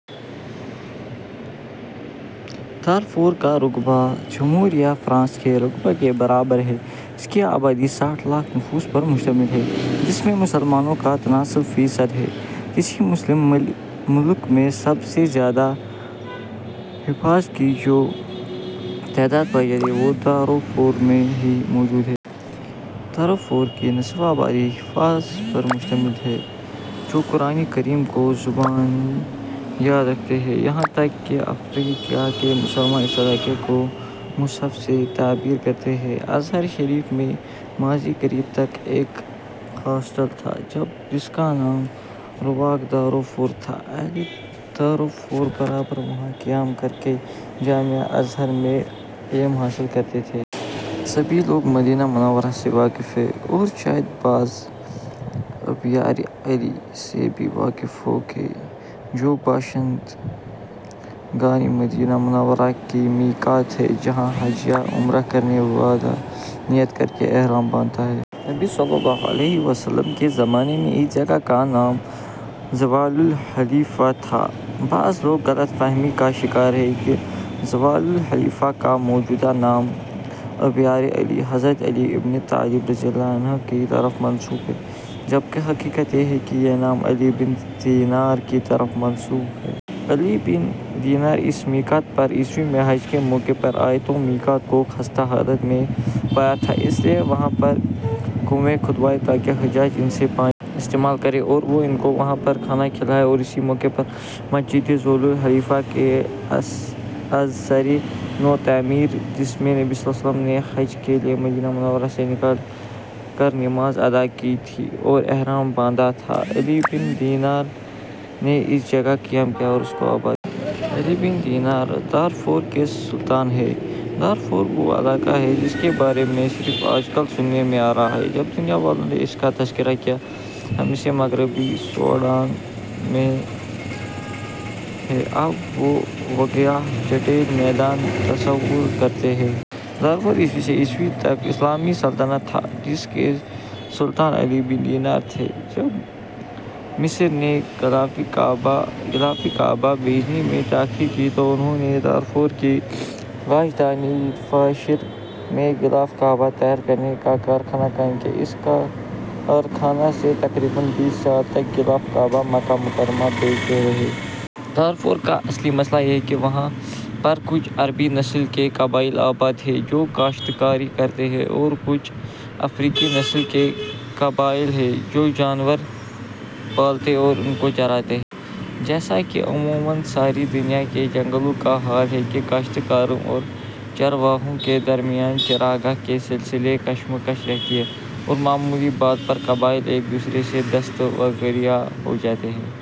Darfur کا رقبہ جمہوریہ فرانس کے رقبہ کے برابر ہے، اس کی آبادی ساٹھ لاکھ نفوس پر مشتمل ہے، جس میں مسلمانوں کا تناسب فی صد ہے۔ کسی مسلم ملک میں سب سے زیادہ حفاظ کی جو تعداد پائی جاتی ہے وہ دارفور میں ہی موجود ہے۔ دارفور کی نصف آبادی حفاظ پر مشتمل ہے جو قرآنِ کریم کو زبانی یاد رکھتے ہیں، یہاں تک کہ افریقا کے مسلمان اس علاقہ کو " مصحف " سے تعبیر کرتے ہیں۔ ازہر شریف میں ماضی قریب تک ایک ہاسٹل تھا جس کا نام " رواق دارفور " تھا، اہلِ دارفور برابر وہاں قیام کرکے جامعہ ازہر میں علم حاصل کرتے تھے۔ سبھی لوگ مدینہ منورہ سے واقف ہیں اور شاید بعض " ابیارِ علی " سے بھی واقف ہوں گے جو باشند گانِ مدینہ منورہ کی میقات ہے جہاں حج یا عمرہ کرنے والا نیت کرکے احرام باندھتا ہے۔ نبی صلی الله علیہ وسلم کے زمانے میں اس جگہ کا نام ذوالحلیفہ تھا بعض لوگ غلط فہمی کا شکار ہیں کہ ذوالحلیفہ کا موجودہ نام " ابیارِ علی " حضرت علی بن ابی طالب رضی الله عنہ کی طرف منسوب ہے جب کہ حقیقت یہ ہے کہ یہ نام علی بن دینار کی طرف منسوب ہے۔ علی بن دینار اس میقات پر ء میں حج کے موقع پر آئے تھے تو میقات کو خستہ حالت میں پایا تھا، اس لیے وہاں پر کنویں کھدوائے تاکہ حجاج ان سے پانی استعمال کریں اور وہ ان کو وہاں پر کھانا کھلائیں اور اسی موقع پر مسجد ذوالحلیفہ کی ازسرِ نو تعمیر کی، جس میں نبی صلی الله علیہ وسلم نے حج کے لیے مدینہ منورہ سے نکل کر نماز ادا کی تھی اور احرام باندھا تھا، علی بن دینار نے اس جگہ قیام کیا اور اس کو آباد کیا۔ علی بن دینار دارفور کے سلطان ہیں، دارفور وہ علاقہ ہے جس کے بارے میں صرف آج کل سننے میں آ رہا ہے، جب دنیا والوں نے اس کا تذکرہ کیا، ہم اسے مغربی سوڈان میں بے آب وگیاہ چٹیل میدان تصو رکرتے ہیں۔ دارفور ء سے ء تک اسلامی سلطنت تھا، جس کے سلطان علی بن دینار تھے۔ جب مصر نے غلافِ کعبہ بھیجنے میں تاخیر کی تو انھوں نے دارفور کی راجدھانی الفاشر میں غلاف کعبہ تیار کرنے کا کارخانہ قائم کیا، اس کارخانہ سے تقریباً بیس سال تک غلاف کعبہ مکہ مکرمہ بھیجتے رہے۔ دارفور کا اصل مسئلہ یہ ہے کہ وہاں پر کچھ عربی نسل کے قبائل آباد ہیں جو کاشت کاری کرتے ہیں او رکچھ افریقی نسل کے قبائل ہیں جو جانور پالتے اور ان کوچراتے ہیں۔ جیسا کہ عموماً ساری دنیا کے جنگلوں کا حال ہے کہ کاشت کاروں اورچرواہوں کے درمیان چراگاہ کے سلسلے کشمکش رہتی ہے اور معمولی بات پر قبائل ایک دوسرے سے دست وگربیاں ہو جاتے ہیں۔